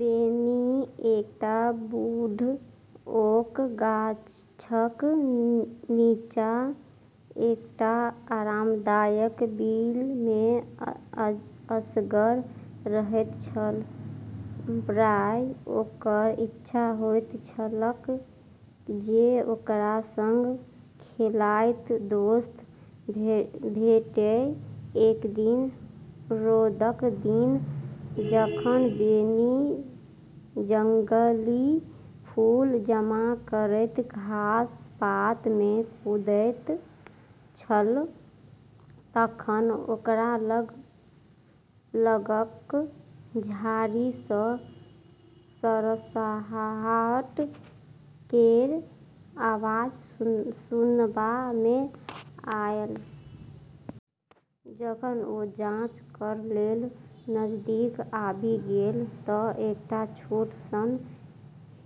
बेनी एकटा बूढ़ ओक गाछक नीचाँ एकटा आरामदायक बिल मे असगर रहैत छल, प्रायः ओकर इच्छा होइत छलैक जे ओकरा संग खेलाइत दोस्त भेटय। एक दिन रौदक दिन जखन बेनी जंगली फूल जमा करैत घास-पात मे कूदैत छल तखन ओकरा लग लगक झाड़ी सँ सरसराहट केर आवाज सुनबा मे आयल। जखन ओ जांच कर' लेल नजदीक आबि गेल त' एकटा छोट सन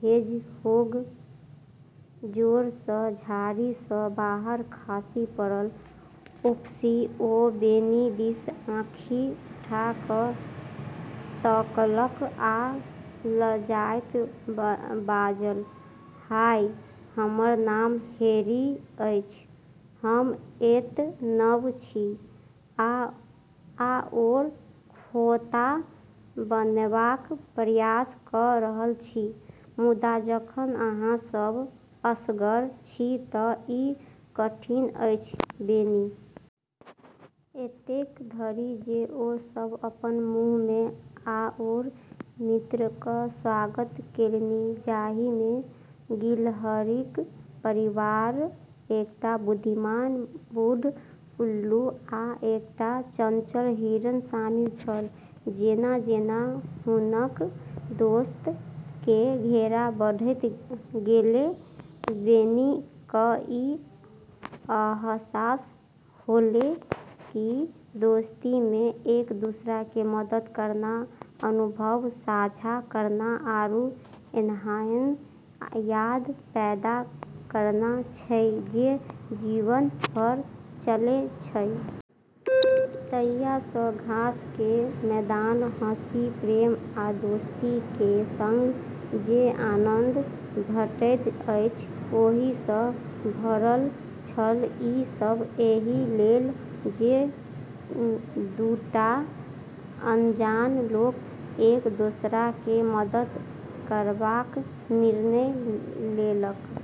हेजहोग जोर सँ झाड़ी सँ बाहर खसि पड़ल, "उफसी!" ओ बेनी दिस आँखि उठा क' तकलक आ लजाइत बाजल, "हाय, हमर नाम हैरी अछि, हम एत' नव छी आओर खोंता बनेबाक प्रयास क' रहल छी, मुदा जखन अहाँ सभ असगर छी त' ई कठिन अछि।"बेनी एतेक धरि जे ओ सभ अपन समूह मे आओर मित्रक स्वागत केलनि, जाहि मे गिलहरीक परिवार, एकटा बुद्धिमान बूढ़ उल्लू, आ एकटा चंचल हिरण शामिल छल। जेना-जेना हुनक दोस्त के घेरा बढ़त गेलै, बेनी क ई अहसास होलै कि दोस्ती मे एक-दूसरा के मदद करना, अनुभव साझा करना, आरू ऐन्हन याद पैदा करना छै जे जीवन भर चलै छै। तहिया सँ घास के मैदान हँसी, प्रेम आ दोस्ती के संग जे आनन्द भेटैत अछि, ओहि सँ भरल छल, ई सब एहि लेल जे दू टा अनजान लोक एक दोसरा के मदद करबाक निर्णय लेलक।